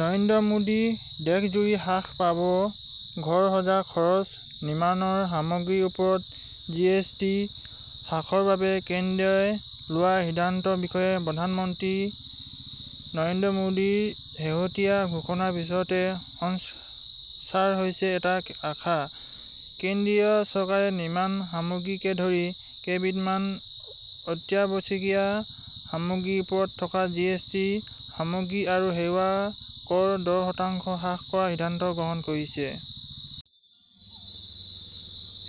নৰেন্দ্ৰ মোদী। দেশজুৰি হ্ৰাস পাব ঘৰ সজাৰ খৰচ। নিৰ্মাণ সামগ্ৰীৰ ওপৰত জি এছ টি হ্ৰাসৰ বাবে কেন্দ্ৰই লোৱা সিদ্ধান্তৰ বিষয়ে প্ৰধান মন্ত্ৰী নৰেন্দ্ৰ মোদীৰ শেহতীয়া ঘোষণাৰ পিছতে সঞ্চাৰ হৈছে এই আশাৰ। কেন্দ্ৰীয় চৰকাৰে নিৰ্মাণ সামগ্ৰীকে ধৰি কেইবিধমান অত্যাৱশ্যকীয়া সামগ্ৰীৰ ওপৰত থকা জিএছটি সামগ্ৰী আৰু সেৱা কৰ দহ শতাংশ হ্ৰাস কৰাৰ সিদ্ধান্ত গ্ৰহণ কৰিছে।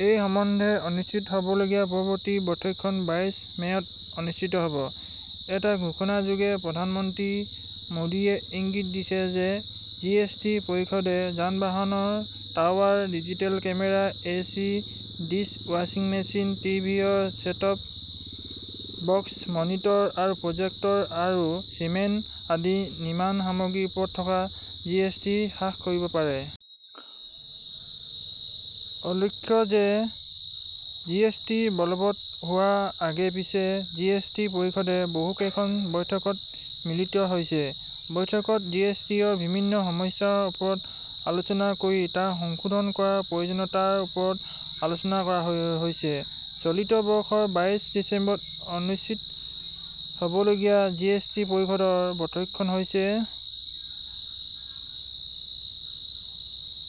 এই সম্বন্ধে অনুষ্ঠিত হবলগীয়া পৰৱৰ্তী বৈঠকখন বাইছ মে'ত অনুষ্ঠিত হব। এটা ঘোষণা যোগে প্ৰধান মন্ত্ৰী মোডীয়ে ইংগিত দিছে যে জিএছটি পৰিষদে যানবাহনৰ tyre, digital camera, AC, dish ৱাশ্বিং মেছিন, টিভিৰ চেটটপ বক্স, মনিটৰ আৰু প্ৰজেক্টৰ আৰু চিমেণ্ট আদি নিৰ্মাণ সামগ্ৰীৰ ওপৰত থকা জিএছটি হ্ৰাস কৰিব পাৰে। উল্লেখ্য যে, জিএছটি বলৱৎ হোৱাৰ আগে পিছে জিএছটি পৰিষদে বহু কেইখন বৈঠকত মিলিত হৈছে। বৈঠকত জিএছটিৰ বিভিন্ন সমস্যাৰ ওপৰত আলোচনা কৰি তাৰ সংশোধন কৰাৰ প্ৰয়োজনীয়তাৰ ওপৰত আলোচনা কৰা হৈছে। চলিত বৰ্ষৰ বাইছ ডিচেম্বৰত অনুষ্ঠি হবলগীয়া জিএছটি পৰিষদৰ বৈঠকখন হৈছে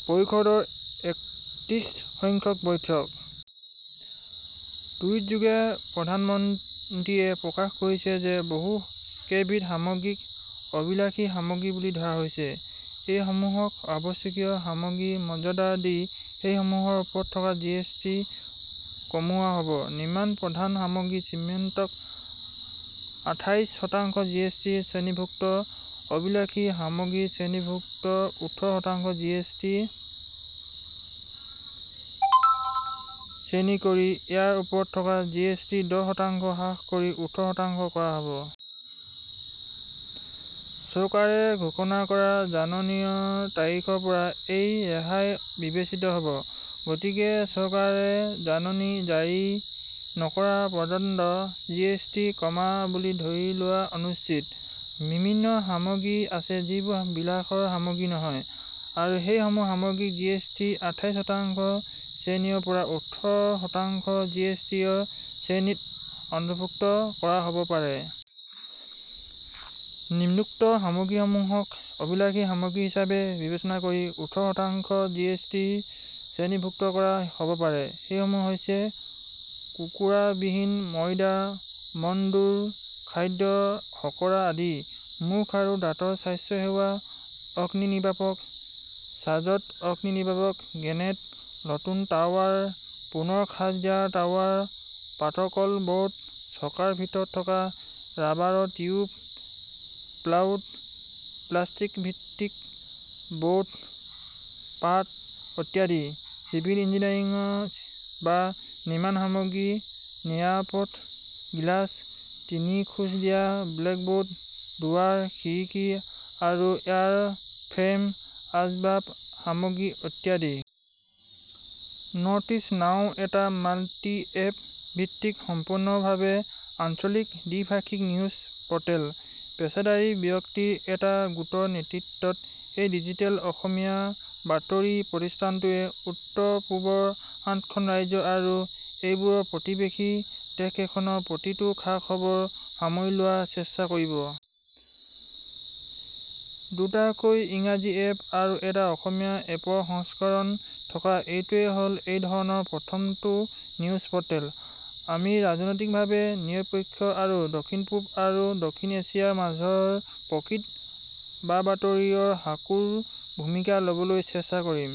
পৰিষদৰ একত্ৰিশ সংখ্যক বৈঠক। টুইটযোগে প্ৰধান মন্ত্ৰীয়ে প্ৰকাশ কৰিছে যে বহু কেইবিধ সামগ্ৰীক অবিলাসী সামগ্ৰী বুলি ধৰা হৈছে। এই সমূহক আৱশ্যকীয় সামগ্ৰীৰ মৰ্যাদা দি এই সমূহৰ ওপৰত থকা জিএছটি কমোৱা হ'ব। নিৰ্মাণৰ প্ৰধান সামগ্ৰী চিমেণ্টক আঠাইছ শতাংশ জিএছটি শ্ৰেণীভুক্ত, অবিলাসী সামগ্ৰীৰ শ্ৰেণীভুক্ত ওঠৰ শতাংশ জিএছটি শ্ৰেণী কৰি ইয়াৰ ওপৰত থকা জিএছটি দহ শতাংশ হ্ৰাস কৰি ওঠৰ শতাংশ কৰা হ'ব। চৰকাৰে ঘোষণা কৰা জাননীৰ তাৰিখৰ পৰা এই ৰেহাই বিৱেচিত হ'ব। গতিকে চৰকাৰে জাননী জাৰি নকৰা পৰ্যন্ত জিএছটি কমা বুলি ধৰি লোৱা অনুচিত। বিভিন্ন সামগ্ৰী আছে যিবোৰ বিলাসৰ সামগ্ৰী নহয় আৰু সেই সমূহ সামগ্ৰীক জিএছটি আঠাইছ শতাংশ শ্ৰেণীৰ পৰা ওঠৰ শতাংশ জিএছটিৰ শ্ৰেণীত অন্তৰ্ভুক্ত কৰা হ'ব পাৰে। নিম্নোক্ত সামগ্ৰীসমূহক অবিলাসী সামগ্ৰী হিচাপে বিৱেচনা কৰি ওঠৰ শতাংশ জিএছটিৰ শ্ৰেণীভুক্ত কৰা হ'ব পাৰে। সেই সমূহ হৈছে কোকোৱাবিহীন ময়দা, মণ্ড, খাদ্য শৰ্কৰা আদি। মুখ আৰু দাঁতৰ স্বাস্থ্য সেৱা, অগ্নি নিৰ্বাপক, চাৰ্জড অগ্নি নিৰ্বাপক গ্ৰেনেড, নতুন টায়াৰ, পুনৰ খাঁজ দিয়া টায়াৰ, পাৰ্টকল বৰ্ড, চকাৰ ভিতৰত থকা ৰাবাৰৰ টিউব, প্লাইউড, প্লাষ্টাৰভিত্তিক ব'ৰ্ড পাট ইত্যাদি, চিভিল ইঞ্জিনিয়াৰিং বা নিৰ্মাণ সামগ্ৰী, নিৰাপদ গ্লাছ, তিনি খোজ দিয়া ব্লক বৰ্ড, দুৱাৰ, খিৰিকী আৰু ইয়াৰ ফ্ৰেম, আঁচবাব সামগ্ৰী ইত্যাদি। নৰ্থইষ্ট নাও এটা মাল্টিএপ ভিত্তিক সম্পূৰ্ণভাৱে আঞ্চলিক দ্বিভাষিক নিউজ প'ৰ্টেল। পেচাদাৰী ব্যক্তিৰ এটা গোটৰ নেতৃত্বত এই ডিজিটেল অসমীয়া বাতৰি প্ৰতিষ্ঠানটোৱে উত্তৰপূবৰ আঠখন ৰাজ্য আৰু এইবোৰৰ প্ৰতিৱেশী দেশকেইখনৰ প্ৰতিটো খা খবৰ সামৰি লোৱাৰ চেষ্টা কৰিব। দুটাকৈ ইংৰাজী এপ আৰু এটা অসমীয়া এপৰ সংস্কৰণ থকা এইটোৱে হল এই ধৰণৰ প্ৰথমটো নিউজ প'ৰ্টেল। আমি ৰাজনৈতিকভাৱে নিৰপেক্ষ আৰু দক্ষিণপূব আৰু দক্ষিণ এছিয়াৰ মাজৰ প্ৰকৃত বাবাতৰিৰ সাঁকোৰ ভূমিকা লবলৈ চেষ্টা কৰিম।